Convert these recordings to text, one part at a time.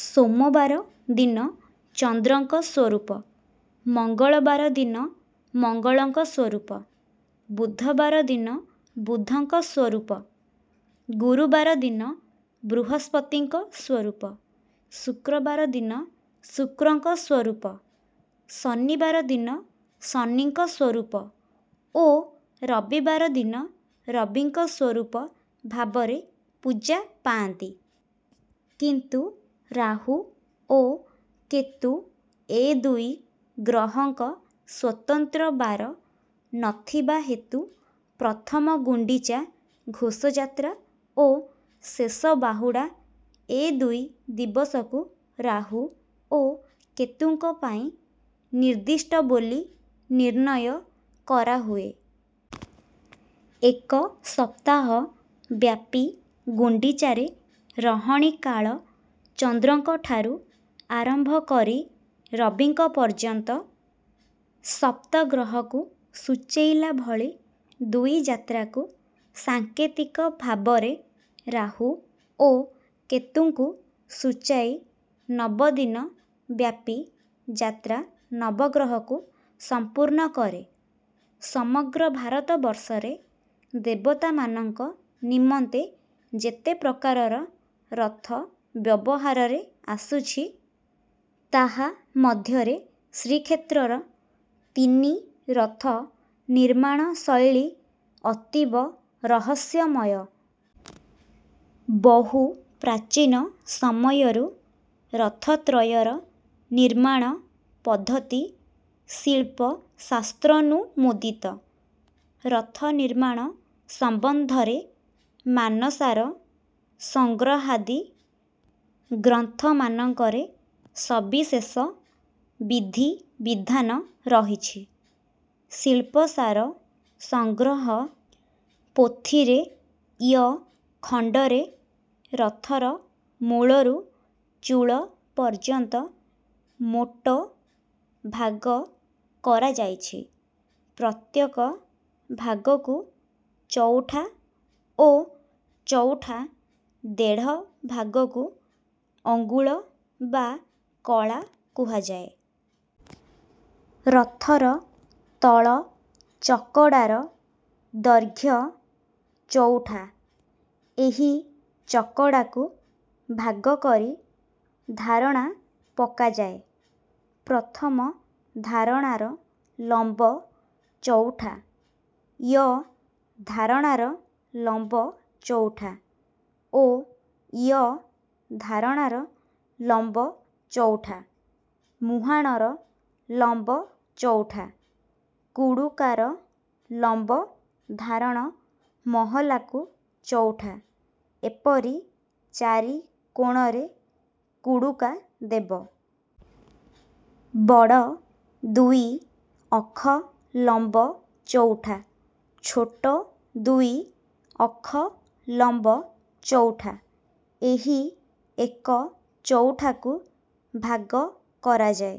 ସୋମବାର ଦିନ ଚନ୍ଦ୍ରଙ୍କ ସ୍ୱରୂପ, ମଙ୍ଗଳବାର ଦିନ ମଙ୍ଗଳଙ୍କ ସ୍ୱରୂପ, ବୁଧବାର ଦିନ ବୁଧଙ୍କ ସ୍ୱରୂପ, ଗୁରୁବାର ଦିନ ବୃହସ୍ପତିଙ୍କ ସ୍ୱରୂପ, ଶୁକ୍ରବାର ଦିନ ଶୁକ୍ରଙ୍କ ସ୍ୱରୂପ, ଶନିବାର ଦିନ ଶନିଙ୍କ ସ୍ୱରୂପ ଓ ରବିବାର ଦିନ ରବିଙ୍କ ସ୍ୱରୂପ ଭାବରେ ପୂଜା ପାଆନ୍ତି। କିନ୍ତୁ ରାହୁ ଓ କେତୁ ଏ ଦୁଇ ଗ୍ରହଙ୍କ ସ୍ୱତନ୍ତ୍ର ବାର ନଥିବା ହେତୁ ପ୍ରଥମ ଗୁଣ୍ଡିଚା ଘୋଷଯାତ୍ରା ଓ ଶେଷ ବାହୁଡ଼ା ଏ ଦୁଇ ଦିବସକୁ ରାହୁ ଓ କେତୁଙ୍କ ପାଇଁ ନିର୍ଦ୍ଦିଷ୍ଟ ବୋଲି ନିର୍ଣ୍ଣୟ କରାହୁଏ। ଏକସପ୍ତାହ ବ୍ୟାପି ଗୁଣ୍ଡିଚାରେ ରହଣୀ କାଳ ଚନ୍ଦ୍ରଙ୍କଠାରୁ ଆରମ୍ଭ କରି ରବିଙ୍କ ପର୍ଯ୍ୟନ୍ତ ସପ୍ତଗ୍ରହକୁ ସୂଚେଇଲା ଭଳି ଦୁଇ ଯାତ୍ରାକୁ ସାଙ୍କେତିକ ଭାବରେ ରାହୁ ଓ କେତୁଙ୍କୁ ସୂଚାଇ ନବଦିନ ବ୍ୟାପି ଯାତ୍ରା ନବଗ୍ରହକୁ ସମ୍ପୂର୍ଣ୍ଣ କରେ। ସମଗ୍ର ଭାରତବର୍ଷରେ ଦେବତାମାନଙ୍କ ନିମନ୍ତେ ଯେତେ ପ୍ରକାରର ରଥ ବ୍ୟବହାରରେ ଆସୁଛି, ତାହା ମଧ୍ୟରେ ଶ୍ରୀକ୍ଷେତ୍ରର ତିନି ରଥ ନିର୍ମାଣ ଶୈଳୀ ଅତୀବ ରହସ୍ୟମୟ। ବହୁ ପ୍ରାଚୀନ ସମୟରୁ ରଥତ୍ରୟର ନିର୍ମାଣ ପଦ୍ଧତି ଶିଳ୍ପଶାସ୍ତ୍ରନୁମୋଦିତ। ରଥ ନିର୍ମାଣ ସମ୍ବନ୍ଧରେ ମାନସାର ସଂଗ୍ରହାଦି ଗ୍ରନ୍ଥମାନଙ୍କରେ ସବିଶେଷ ବିଧି ବିଧାନ ରହିଛି। ଶିଳ୍ପସାର ସଂଗ୍ରହ ପୋଥିରେ ୟ ଖଣ୍ଡରେ ରଥର ମୂଳରୁ ଚୂଳ ପର୍ଯ୍ୟନ୍ତ ମୋଟ ଭାଗ କରାଯାଇଛି। ପ୍ରତ୍ୟେକ ଭାଗକୁ ଚଉଠା ଓ ଚଉଠା ଦେଢ଼ ଭାଗକୁ ଅଙ୍ଗୁଳ ବା କଳା କୁହାଯାଏ। ରଥର ତଳ ଚକଡାର ଦୈର୍ଘ୍ୟ ଚଉଠା। ଏହି ଚକଡାକୁ ଭାଗ କରି ଧାରଣା ପକାଯାଏ। ପ୍ରଥମ ଧାରଣାର ଲମ୍ବ ଚଉଠା, ୟ ଧାରଣାର ଲମ୍ବ ଚଉଠା ଓ ୟ ଧାରଣାର ଲମ୍ବ ଚଉଠା। ମୁହାଣର ଲମ୍ବ ଚଉଠା, କୁଡୁକାର ଲମ୍ବ ଧାରଣ ମହଲାକୁ ଚଉଠା, ଏପରି ଚାରି କୋଣରେ କୁଡୁକା ଦେବ। ବଡ଼ ଦୁଇ ଅଖ ଲମ୍ବ ଚଉଠା, ଛୋଟ ଦୁଇ ଅଖ ଲମ୍ବ ଚଉଠା। ଏହି ଏକ ଚଉଠାକୁ ଭାଗ କରାଯାଏ।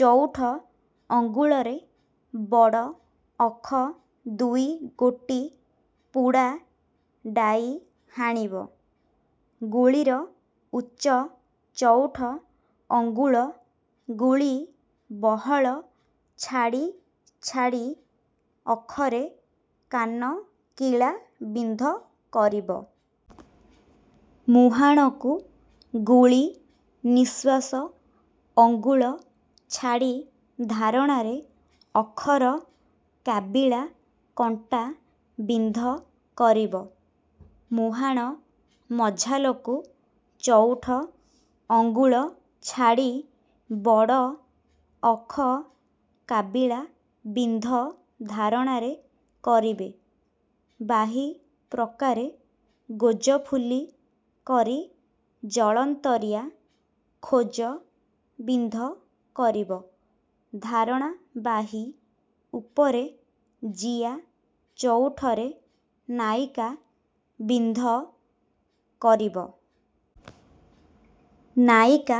ଚଉଠ ଅଙ୍ଗୁଳରେ ବଡ଼ ଅଖ ଦୁଇ ଗୋଟି ପୁଡା ଡାଇ ହାଣିବ। ଗୁଳିର ଉଚ୍ଚ ଚଉଠ ଅଙ୍ଗୁଳ ଗୁଳି ବହଳ ଛାଡି ଛାଡି ଅଖରେ କାନ କିଳା ବିନ୍ଧ କରିବ। ମୁହାଣକୁ ଗୁଳି ନିଶ୍ୱାସ ଅଙ୍ଗୁଳ ଛାଡି ଧାରଣାରେ ଅଖର କାବିଳା କଣ୍ଟା ବିନ୍ଧ କରିବ। ମୁହାଣ ମଝାଲକୁ ଚଉଠ ଅଙ୍ଗୁଳ ଛାଡି ବଡ଼ ଅଖ କାବିଳା ବିନ୍ଧ ଧାରଣାରେ କରିବେ। ବାହି ପ୍ରକାରେ ଗୋଜଫୁଲି କରି ଜଳନ୍ତରିଆ ଖୋଜ ବିନ୍ଧ କରିବ। ଧାରଣା ବାହି ଉପରେ ଜିଆ ଚଉଠରେ ନାଇକା ବିନ୍ଧ କରିବ। ନାଇକା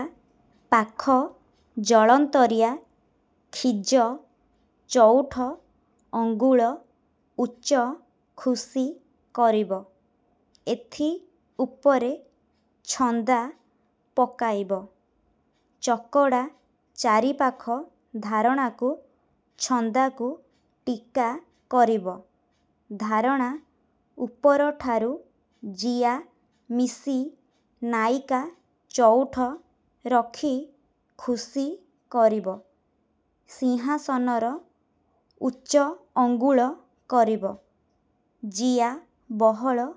ପାଖ ଜଳନ୍ତରିଆ ଖିଜ ଚଉଠ ଅଙ୍ଗୁଳ ଉଚ୍ଚ ଖୁସି କରିବ। ଏଥି ଉପରେ ଛନ୍ଦା ପକାଇବ। ଚକଡା ଚାରିପାଖ ଧାରଣାକୁ ଛନ୍ଦାକୁ ଟୀକା କରିବ। ଧାରଣା ଉପରଠାରୁ ଜିଆ ମିଶି ନାଇକା ଚଉଠ ରଖି ଖୁସି କରିବ। ସିଂହାସନର ଉଚ୍ଚ ଅଙ୍ଗୁଳ କରିବ। ଜିଆ ବହଳ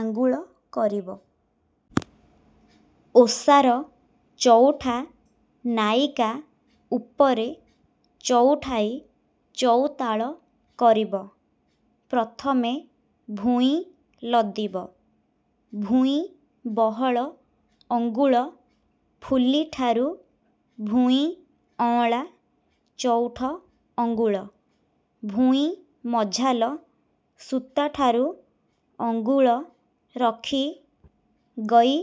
ଆଙ୍ଗୁଳ କରିବ। ଓସାର ଚଉଠା ନାଇକା ଉପରେ ଚଉଠାଇ ଚଉତାଳ କରିବ। ପ୍ରଥମେ ଭୂଇଁ ଲଦିବ। ଭୂଇଁ ବହଳ ଅଙ୍ଗୁଳ ଫୁଲିଠାରୁ ଭୂଇଁ ଅଁଳା, ଚଉଠ ଅଙ୍ଗୁଳ। ଭୂଇଁ ମଝାଲ ସୂତାଠାରୁ ଅଙ୍ଗୁଳ ରଖି ଗୈ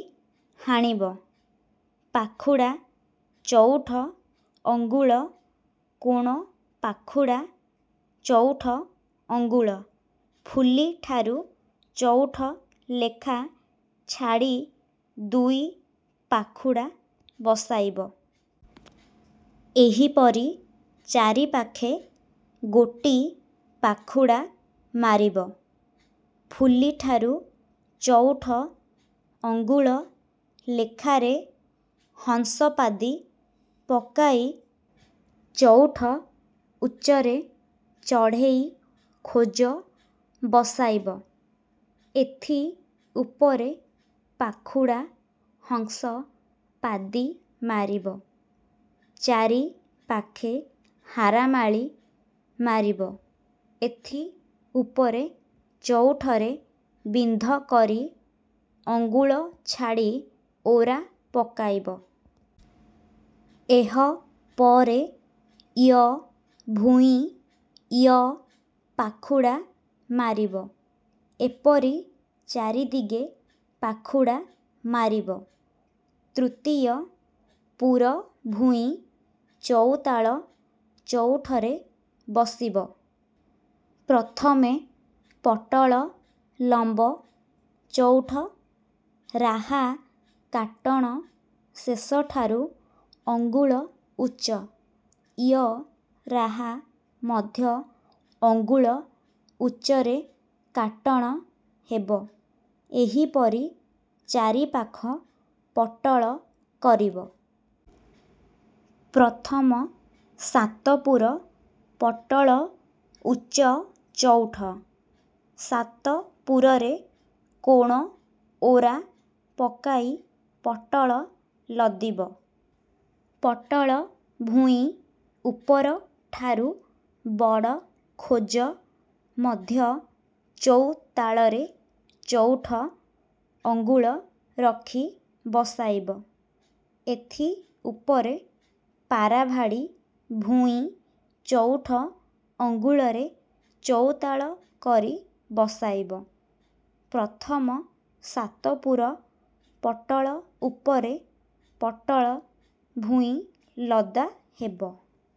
ହାଣିବ। ପାଖୁଡା ଚଉଠ ଅଙ୍ଗୁଳ, କୋଣ ପାଖୁଡା ଚଉଠ ଅଙ୍ଗୁଳ, ଫୁଲିଠାରୁ ଚଉଠ ଲେଖା ଛାଡି ଦୁଇ ପାଖୁଡା ବସାଇବ। ଏହି ପରି ଚାରିପାଖେ ଗୋଟି ପାଖୁଡା ମାରିବ। ଫୁଲିଠାରୁ ଚଉଠ ଅଙ୍ଗୁଳ ଲେଖାରେ ହଂସପାଦି ପକାଇ ଚଉଠ ଉଚ୍ଚରେ ଚଢ଼େଇ ଖୋଜ ବସାଇବ। ଏଥି ଉପରେ ପାଖୁଡା ହଂସ ପାଦି ମାରିବ। ଚାରି ପାଖେ ହାରାମାଳି ମାରିବ। ଏଥି ଉପରେ ଚଉଠରେ ବିନ୍ଧ କରି ଅଙ୍ଗୁଳ ଛାଡି ଓରା ପକାଇବ। ଏହ ପରେ ୟ ଭୂଇଁ, ୟ ପାଖୁଡା ମାରିବ। ଏପରି ଚାରିଦିଗେ ପାଖୁଡା ମାରିବ। ତୃତୀୟ ପୁର ଭୂଇଁ ଚଉତାଳ ଚଉଠରେ ବସିବ। ପ୍ରଥମେ ପଟଳ ଲମ୍ବ ଚଉଠ, ରାହା କାଟଣ ଶେଷଠାରୁ ଅଙ୍ଗୁଳ ଉଚ୍ଚ, ୟ ରାହା ମଧ୍ୟ ଅଙ୍ଗୁଳ ଉଚ୍ଚରେ କାଟଣ ହେବ। ଏହି ପରି ଚାରିପାଖ ପଟଳ କରିବ। ପ୍ରଥମ ସାତପୁର ପଟଳ ଉଚ୍ଚ ଚଉଠ, ସାତପୁରରେ କୋଣ ଓରା ପକାଇ ପଟଳ ଲଦିବ। ପଟଳ ଭୂଇଁ ଉପରଠାରୁ ବଡ଼ ଖୋଜ ମଧ୍ୟ ଚୌତାଳରେ ଚଉଠ ଅଙ୍ଗୁଳ ରଖି ବସାଇବ। ଏଥି ଉପରେ ପାରାଭାଡି ଭୂଇଁ ଚଉଠ ଅଙ୍ଗୁଳରେ ଚଉତାଳ କରି ବସାଇବ। ପ୍ରଥମ ସାତପୁର ପଟଳ ଉପରେ ପଟଳ ଭୂଇଁ ଲଦା ହେବ।